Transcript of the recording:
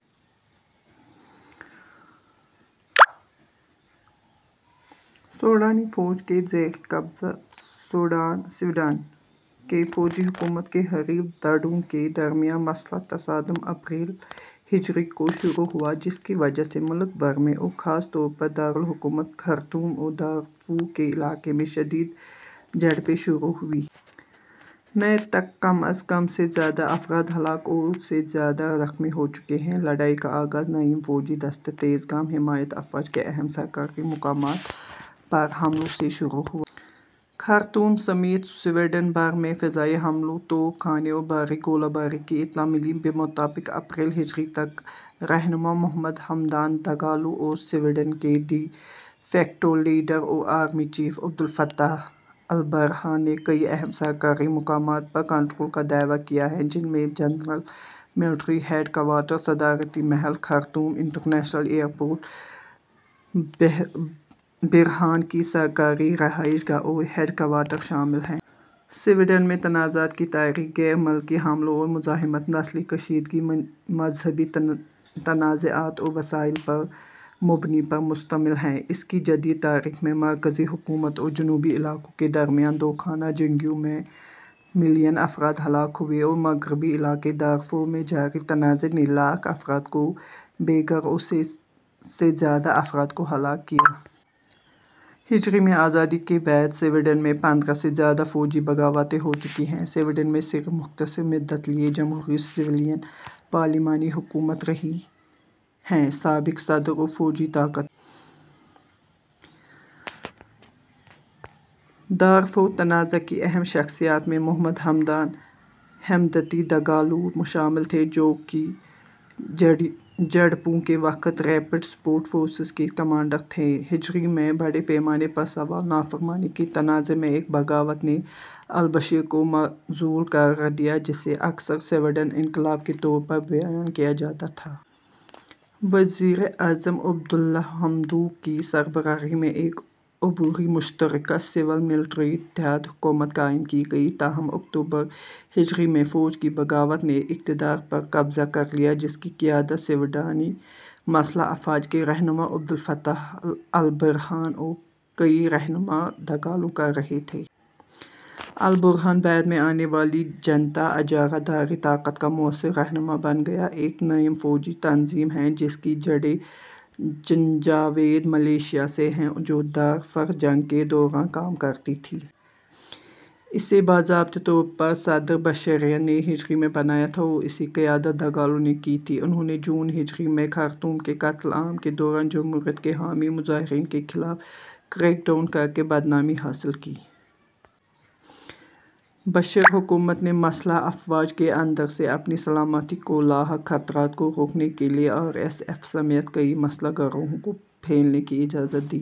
سوڈانی فوج کے زیر قبضہ سوڈان کی فوجی حکومت کے حریف دھڑوں کے درمیان مسلح تصادم اپریل ء کو شروع ہوا، جس کی وجہ سے ملک بھر میں اورخاص طور پر دار الحکومت خرطوم اور دارفور کے علاقے میں شدید جھڑپیں شروع ہوئیں۔ مئی تک کم از کم سے زائد افراد ہلاک اور ٫ سے زیادہ زخمی ہو چکے ہیں۔ لڑائی کا آغاز نیم فوجی دستے تیزگام حمیات افواج کے اہم سرکاری مقامات پر حملوں سے شروع ہوا۔ خرطوم سمیت سوڈان بھر میں فضائی حملوں، توپ خانے اور بھاری گولہ باری کی اطلاع ملی۔ بمطابق اپریل ء ، تک رہنما محمد حمدان دگالو اور سوڈان کے ڈی فیکٹو لیڈر اور آرمی چیف عبدالفتاح البرہان نے کئی اہم سرکاری مقامات پر کنٹرول کا دعویٰ کیا ہے جن میں جنرل ملٹری ہیڈ کوارٹر، صدارتی محل، خرطوم انٹرنیشنل ایئرپورٹ، برہان کی سرکاری رہائش گاہ اور ہیڈکوارٹر شامل ہیں۔ سوڈان میں تنازعات کی تاریخ غیر ملکی حملوں اور مزاحمت، نسلی کشیدگی، مذہبی تنازعات اور وسائل پر مبنی پر مشتمل ہے۔ اس کی جدید تاریخ میں، مرکزی حکومت اور جنوبی علاقوں کے درمیان دو خانہ جنگیوں میں ملین افراد ہلاک ہوئے اور مغربی علاقے دارفور میں جاری تنازعے نے لاکھ افراد کو بے گھر اور سے زیادہ افراد کو ہلاک کیا۔ ءمیں آزادی کے بعد سے سوڈان میں پندرہ سے زیادہ فوجی بغاوتیں ہو چکی ہیں سوڈان میں صرف مختصر مدت کے لیے جمہوری سویلین پارلیمانی حکومت رہی ہے۔ سابق صدر اور فوجی طاقتور دارفور تنازع کی اہم شخصیات میں محمد ہمدان "ہیمدتی" دگالو شامل تھے، جو ء کی جھڑپوں کے وقت ریپڈ سپورٹ فورسز کے کمانڈر تھے۔ ء میں، بڑے پیمانے پر سول نافرمانی کے تناظر میں ایک بغاوت نے البشیر کو معزول کر دیا جسے اکثر سوڈانی انقلاب کے طور پر بیان کیا جاتا تھا۔ وزیر اعظم عبد اللہ حمدوک کی سربراہی میں ایک عبوری مشترکہ سول ملٹری اتحاد حکومت قائم کی گئی۔ تاہم اکتوبر ء میں، فوج کی بغاوت نے اقتدار پر قبضہ کر لیا جس کی قیادت سوڈانی مسلح افواج کے رہنما عبدالفتاح البرہان اور کے رہنما دگالو کر رہے تھے۔ البرہان بعد میں آنے والی جنتا، اجارہ داری طاقت کا موثر رہنما بن گیا۔ ایک نیم فوجی تنظیم ہے جس کی جڑیں جنجاوید ملیشیا سے ہیں جو دارفر جنگ کے دوران کام کرتی تھیں۔ اسے باضابطہ طور پر صدر بشیر نے ء میں بنایا تھا اور اس کی قیادت دگالو نے کی تھی۔ انھوں نے جون ء میں خرطوم کے قتل عام کے دوران جمہوریت کے حامی مظاہرین کے خلاف کریک ڈاؤن کر کے بدنامی حاصل کی۔ بشیر حکومت نے مسلح افواج کے اندر سے اپنی سلامتی کو لاحق خطرات کو روکنے کے لیے آر ایس ایف سمیت کئی مسلح گروہوں کو پھیلنے کی اجازت دی۔